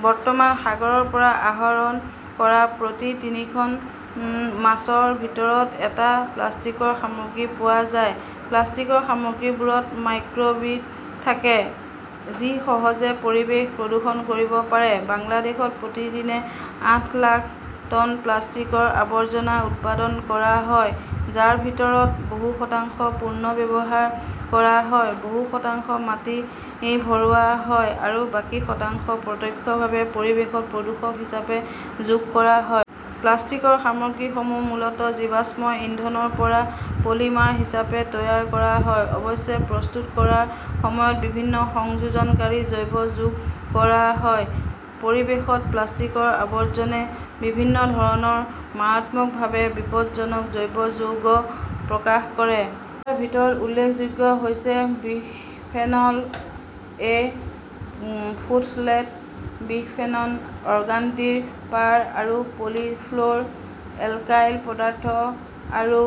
বৰ্তমান সাগৰৰ পৰা আহৰণ কৰা প্ৰতি তিনিখন মাছৰ ভিতৰত এটাত প্লাষ্টিকৰ সামগ্ৰী পোৱা যায়। প্লাষ্টিকৰ সামগ্ৰীবোৰত মাইক্ৰ বিড থাকে, যি সহজে পৰিৱেশ প্ৰদূষণ কৰিব পাৰে। বাংলাদেশত প্ৰতিদিনে আঠ লাখ টন প্লাষ্টিকৰ আৱৰ্জনা উৎপাদন কৰা হয়, যাৰ ভিতৰত বহু শতাংশ পুনৰ্ব্যৱহাৰ কৰা হয়, বহু শতাংশ মাটি ভৰোৱা হয় আৰু বাকী শতাংশ প্ৰত্যক্ষভাৱে পৰিৱেশত প্ৰদূষক হিচাপে যোগ কৰা হয়। প্লাষ্টিকৰ সামগ্ৰীসমূহ মূলত জীৱাশ্ম ইন্ধন ৰ পৰা পলিমাৰ হিচাপে তৈয়াৰ কৰা হয়। অৱশ্যে, প্ৰস্তুত কৰাৰ সময়ত বিভিন্ন সংযোজনকাৰী জৈৱ যৌগ যোগ কৰা হয়। পৰিৱেশত প্লাষ্টিকৰ আৱৰ্জনে বিভিন্ন ধৰণৰ মাৰাত্মকভাৱে বিপদজনক জৈৱ যৌগ প্ৰকাশ কৰে। ইয়াৰ ভিতৰত উল্লেখযোগ্য হৈছে বিসফেনল-এ, ফোথলেট, বিসফেনন, অৰ্গান'টিন, পাৰ আৰু পলি ফ্ল'ৰ' এল্কাইল পদাৰ্থ আৰু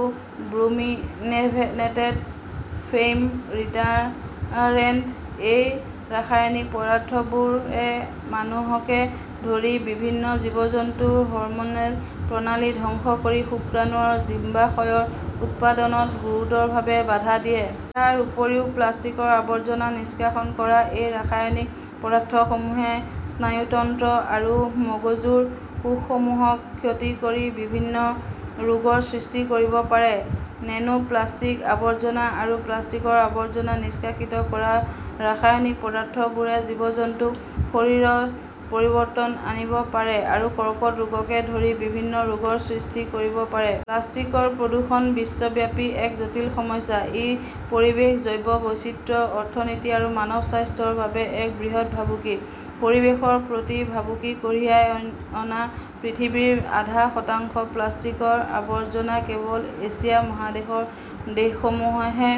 ব্ৰোমিনেটেড ফেইম ৰিটাৰেণ্ট। এই ৰাসায়নিক পদাৰ্থবোৰে মানুহকে ধৰি বিভিন্ন জীৱ-জন্তুৰ হৰম'নেল প্ৰণালী ধ্বংস কৰি শুক্ৰাণু আৰু ডিম্বাশয়ৰ উৎপাদনত গুৰুতৰভাৱে বাধা দিয়ে। ইয়াৰ উপৰিও প্লাষ্টিকৰ আৱৰ্জনা নিষ্কাশন কৰা এই ৰাসায়নিক পদাৰ্থসমূহে স্নায়ুতন্ত্ৰ আৰু মগজুৰ কোষসমূহক ক্ষতি কৰি বিভিন্ন ৰোগৰ সৃষ্টি কৰিব পাৰে। নেনো প্লাষ্টিক আৱৰ্জনা আৰু প্লাষ্টিকৰ আৱৰ্জনা নিষ্কাশিত কৰা ৰাসায়নিক পদাৰ্থবোৰে জীৱ-জন্তুৰ শৰীৰত পৰিৱৰ্তন আনিব পাৰে আৰু কৰ্কট ৰোগকে ধৰি বিভিন্ন ৰোগৰ সৃষ্টি কৰিব পাৰে। প্লাষ্টিকৰ প্ৰদূষণ বিশ্বব্যাপী এক জটিল সমস্যা। ই পৰিৱেশ, জৈৱ বৈচিত্ৰ্য, অৰ্থনীতি আৰু মানৱ স্বাস্থ্যৰ বাবে এক বৃহৎ ভাবুকি। পৰিৱেশৰ প্ৰতি ভাবুকি কঢ়িয়াই অনা পৃথিৱীৰ আধা শতাংশ প্লাষ্টিকৰ আৱৰ্জনা কেৱল এছিয়া মহাদেশৰ দেশসমূহেহে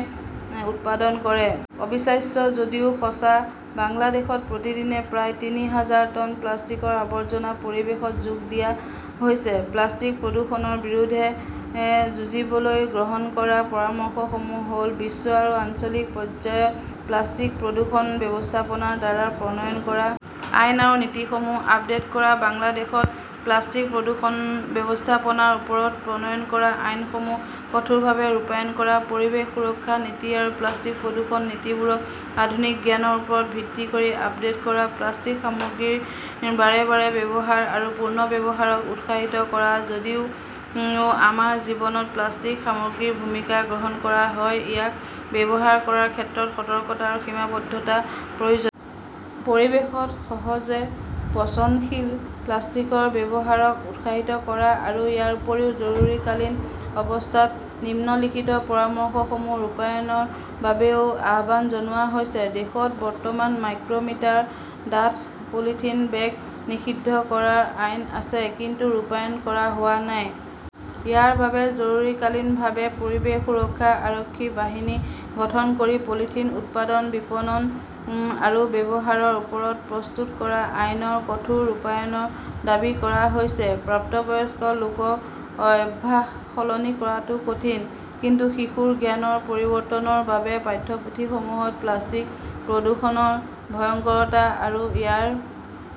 উৎপাদন কৰে। অবিশ্বাস্য যদিও সঁচা, বাংলাদেশত প্ৰতিদিনে প্ৰায় তিনি হাজাৰ টন প্লাষ্টিকৰ আৱৰ্জনা পৰিৱেশত যোগ দিয়া হৈছে। প্লাষ্টিক প্ৰদূষণৰ বিৰুদ্ধে যুঁজিবলৈ গ্ৰহণ কৰা পৰামৰ্শসমূহ হ'ল বিশ্ব আৰু আঞ্চলিক পৰ্যায়ত প্লাষ্টিক প্ৰদূষণ ব্যৱস্থাপনাৰ দ্বাৰা প্ৰণয়ন কৰা আইন আৰু নীতিসমূহ আপডেট কৰা, বাংলাদেশত প্লাষ্টিক প্ৰদূষণ ব্যৱস্থাপনাৰ ওপৰত প্ৰণয়ন কৰা আইনসমূহ কঠোৰভাৱে ৰূপায়ণ কৰা, পৰিৱেশ সুৰক্ষা নীতি আৰু প্লাষ্টিক প্ৰদূষণ নীতিবোৰ আধুনিক জ্ঞানৰ ওপৰত ভিত্তি কৰি আপডেট কৰা, প্লাষ্টিক সামগ্ৰীৰ বাৰে বাৰে ব্যৱহাৰ আৰু পুনৰ্ব্যৱহাৰক উৎসাহিত কৰা, যদিও আমাৰ জীৱনত প্লাষ্টিক সামগ্ৰীৰ ভূমিকা গ্ৰহণ কৰা হয়, ইয়াক ব্যৱহাৰ কৰাৰ ক্ষেত্ৰত সতৰ্কতা আৰু সীমাবদ্ধতা প্ৰয়োজনীয়। পৰিৱেশত সহজে পচনশীল প্লাষ্টিকৰ ব্যৱহাৰক উৎসাহিত কৰা আৰু ইয়াৰ উপৰিও জৰুৰীকালীন অৱস্থাত নিম্নলিখিত পৰামৰ্শসমূহ ৰূপায়ণৰ বাবেও আহ্বান জনোৱা হৈছে। দেশত বৰ্তমান মাইক্ৰ'মিটাৰ ডাঠ পলিথিন বেগ নিষিদ্ধ কৰাৰ আইন আছে, কিন্তু ৰূপায়ণ কৰা হোৱা নাই। ইয়াৰ বাবে জৰুৰীকালীনভাৱে '"পৰিৱেশ সুৰক্ষা আৰক্ষী বাহিনী" গঠন কৰি পলিথিন উৎপাদন, বিপণন আৰু ব্যৱহাৰৰ ওপৰত প্ৰস্তুত কৰা আইনৰ কঠোৰ ৰূপায়ণৰ দাবী কৰা হৈছে । প্ৰাপ্তবয়স্ক লোকৰ অভ্যাস সলনি কৰাটো কঠিন, কিন্তু শিশুৰ জ্ঞানৰ পৰিৱৰ্তনৰ বাবে পাঠ্যপুথিসমূহত প্লাষ্টিক প্ৰদূষণৰ ভয়ংকৰতা আৰু ইয়াৰ